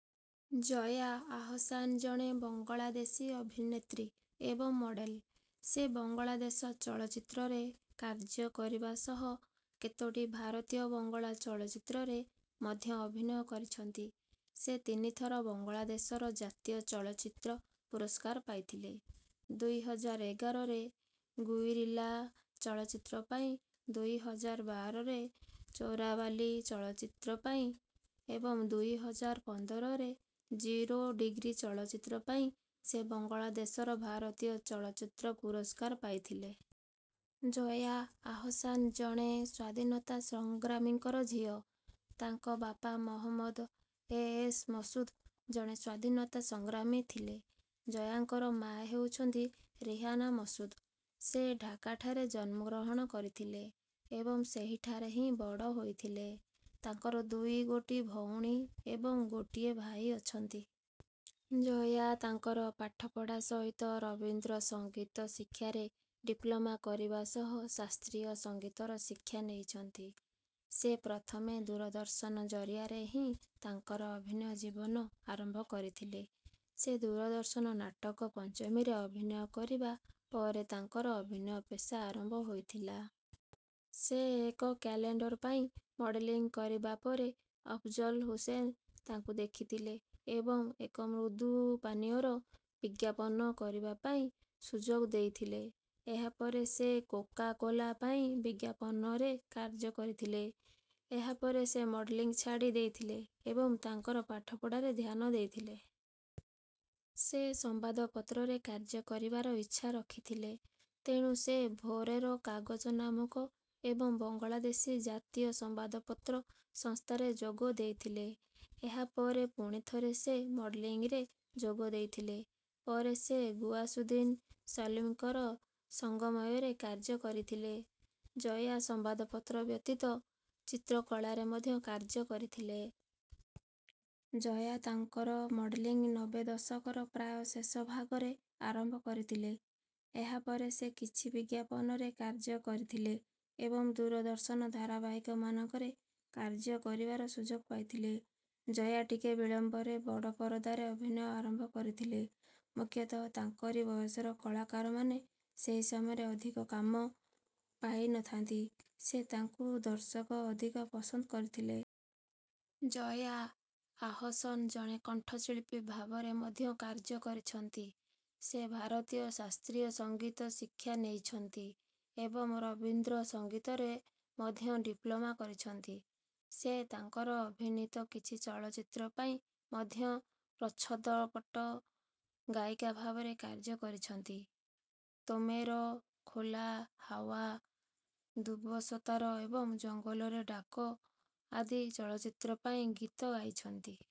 ଜୟା ଆହସାନ ଜଣେ ବଙ୍ଗଳାଦେଶୀ ଅଭିନେତ୍ରୀ ଏବଂ ମଡେଲ। ସେ ବଙ୍ଗଳାଦେଶ ଚଳଚ୍ଚିତ୍ରରେ କାର୍ଯ୍ୟ କରିବା ସହ କେତୋଟି ଭାରତୀୟ ବଙ୍ଗଳା ଚଳଚ୍ଚିତ୍ରରେ ମଧ୍ୟ ଅଭିନୟ କରିଛନ୍ତି। ସେ ତିନି ଥର ବଙ୍ଗଳାଦେଶର ଜାତୀୟ ଚଳଚ୍ଚିତ୍ର ପୁରସ୍କାର ପାଇଥିଲେ। ଦୁଇ ହଜାର ଏଗାରରେ ଗୁଇରିଲ୍ଲା ଚଳଚ୍ଚିତ୍ର ପାଇଁ, ଦୁଇ ହଜାର ବାରରେ ଚୋରାବାଲି ଚଳଚ୍ଚିତ୍ର ପାଇଁ ଏବଂ ଦୁଇ ହଜାର ପନ୍ଦରରେ ଜିରୋ ଡୀଗ୍ରୀ ଚଳଚ୍ଚିତ୍ର ପାଇଁ ସେ ବଙ୍ଗଳାଦେଶର ଭାରତୀୟ ଚଳଚ୍ଚିତ୍ର ପୁରସ୍କାର ପାଇଥିଲେ। ଜୟା ଆହସାନ ଜଣେ ସ୍ୱାଧୀନତା ସଂଗ୍ରାମୀଙ୍କର ଝିଅ। ତାଙ୍କ ବାପା ମହମଦ ଏ. ଏସ୍. ମସୁଦ୍ ଜଣେ ସ୍ୱାଧୀନତା ସଂଗ୍ରାମୀ ଥିଲେ। ଜୟାଙ୍କର ମାଆ ହେଉଛନ୍ତି ରିହାନା ମସୁଦ୍। ସେ ଢାକାଠାରେ ଜନ୍ମଗ୍ରହଣ କରିଥିଲେ ଏବଂ ସେହିଠାରେ ହିଁ ବଡ଼ ହୋଇଥିଲେ। ତାଙ୍କର ଦୁଇଗୋଟି ଭଉଣୀ ଏବଂ ଗୋଟିଏ ଭାଇ ଅଛନ୍ତି। ଜୟା ତାଙ୍କର ପାଠପଢ଼ା ସହିତ ରବିନ୍ଦ୍ର ସଙ୍ଗୀତ ଶିକ୍ଷାରେ ଡିପ୍ଲୋମା କରିବା ସହ ଶାସ୍ତ୍ରୀୟ ସଙ୍ଗୀତର ଶିକ୍ଷା ନେଇଛନ୍ତି। ସେ ପ୍ରଥମେ ଦୂରଦର୍ଶନ ଜରିଆରେ ହିଁ ତାଙ୍କର ଅଭିନୟ ଜୀବନ ଆରମ୍ଭ କରିଥିଲେ। ସେ ଦୂରଦର୍ଶନ ନାଟକ ପଞ୍ଚମୀରେ ଅଭିନୟ କରିବା ପରେ ତାଙ୍କର ଅଭିନୟ ପେଷା ଆରମ୍ଭ ହୋଇଥିଲା। ସେ ଏକ କ୍ୟାଲେଣ୍ଡର ପାଇଁ ମଡେଲିଂ କରିବା ପରେ ଅଫଜଲ ହୁସେନ ତାଙ୍କୁ ଦେଖିଥିଲେ ଏବଂ ଏକ ମୃଦୁ ପାନୀୟର ବିଜ୍ଞାପନ କରିବା ପାଇଁ ସୁଯୋଗ ଦେଇଥିଲେ। ଏହାପରେ ସେ କୋକା-କୋଲା ପାଇଁ ବିଜ୍ଞାପନରେ କାର୍ଯ୍ୟ କରିଥିଲେ। ଏହାପରେ ସେ ମଡେଲିଂ ଛାଡ଼ି ଦେଇଥିଲେ ଏବଂ ତାଙ୍କର ପାଠପଢ଼ାରେ ଧ୍ୟାନ ଦେଇଥିଲେ। ସେ ସମ୍ବାଦପତ୍ରରେ କାର୍ଯ୍ୟ କରିବାର ଇଚ୍ଛା ରଖିଥିଲେ, ତେଣୁ ସେ ଭୋରେର କାଗଜ ନାମକ ଏବଂ ବଙ୍ଗଳାଦେଶୀ ଜାତୀୟ ସମ୍ବାଦପତ୍ର ସଂସ୍ଥାରେ ଯୋଗ ଦେଇଥିଲେ। ଏହାପରେ ପୁଣିଥରେ ସେ ମଡେଲିଂରେ ଯୋଗ ଦେଇଥିଲେ। ପରେ ସେ ଗୁଆସୁଦ୍ଦିନ ସଲିମଙ୍କର ସଙ୍ଗସୟରେ କାର୍ଯ୍ୟ କରିଥିଲେ। ଜୟା ସମ୍ବାଦପତ୍ର ବ୍ୟତୀତ ଚିତ୍ରକଳାରେ ମଧ୍ୟ କାର୍ଯ୍ୟ କରିଥିଲେ। ଜୟା ତାଙ୍କର ମଡେଲିଂ ନବେ ଦଶକର ପ୍ରାୟ ଶେଷ ଭାଗରେ ଆରମ୍ଭ କରିଥିଲେ। ଏହାପରେ ସେ କିଛି ବିଜ୍ଞାପନରେ କାର୍ଯ୍ୟ କରିଥିଲେ ଏବଂ ଦୂରଦର୍ଶନ ଧାରାବାହିକ ମାନଙ୍କରେ କାର୍ଯ୍ୟ କରିବାର ସୁଯୋଗ ପାଇଥିଲେ। ଜୟା ଟିକେ ବିଳମ୍ବରେ ବଡ଼ ପରଦାରେ ଅଭିନୟ ଆରମ୍ଭ କରିଥିଲେ। ମୁଖ୍ୟତଃ ତାଙ୍କରି ବୟସର କାଳାକାରମାନେ ସେହି ସମୟରେ ଅଧିକ କାମ ପାଇନଥାନ୍ତି, ସେ ତାଙ୍କୁ ଦର୍ଶକ ଅଧିକ ପସନ୍ଦ କରିଥିଲେ। ଜୟା ଆହସନ ଜଣେ କଣ୍ଠଶିଳ୍ପୀ ଭାବରେ ମଧ୍ୟ କାର୍ଯ୍ୟ କରିଛନ୍ତି। ସେ ଭାରତୀୟ ଶାସ୍ତ୍ରୀୟ ସଙ୍ଗୀତ ଶିକ୍ଷା ନେଇଛନ୍ତି ଏବଂ ରବିନ୍ଦ୍ର ସଙ୍ଗୀତରେ ମଧ୍ୟ ଡିପ୍ଲୋମା କରିଛନ୍ତି। ସେ ତାଙ୍କର ଅଭିନୀତ କିଛି ଚଳଚ୍ଚିତ୍ର ପାଇଁ ମଧ୍ୟ ପ୍ରଚ୍ଛଦପଟ ଗାୟିକା ଭାବରେ କାର୍ଯ୍ୟ କରିଛନ୍ତି। ତୋମେର ଖୋଲା ହାୱା, ଦୁବଶତାର ଏବଂ ଜଙ୍ଗଲର ଡାକ ଆଦି କଥାଚିତ୍ର ପାଇଁ ଗୀତ ଗାଇଛନ୍ତି।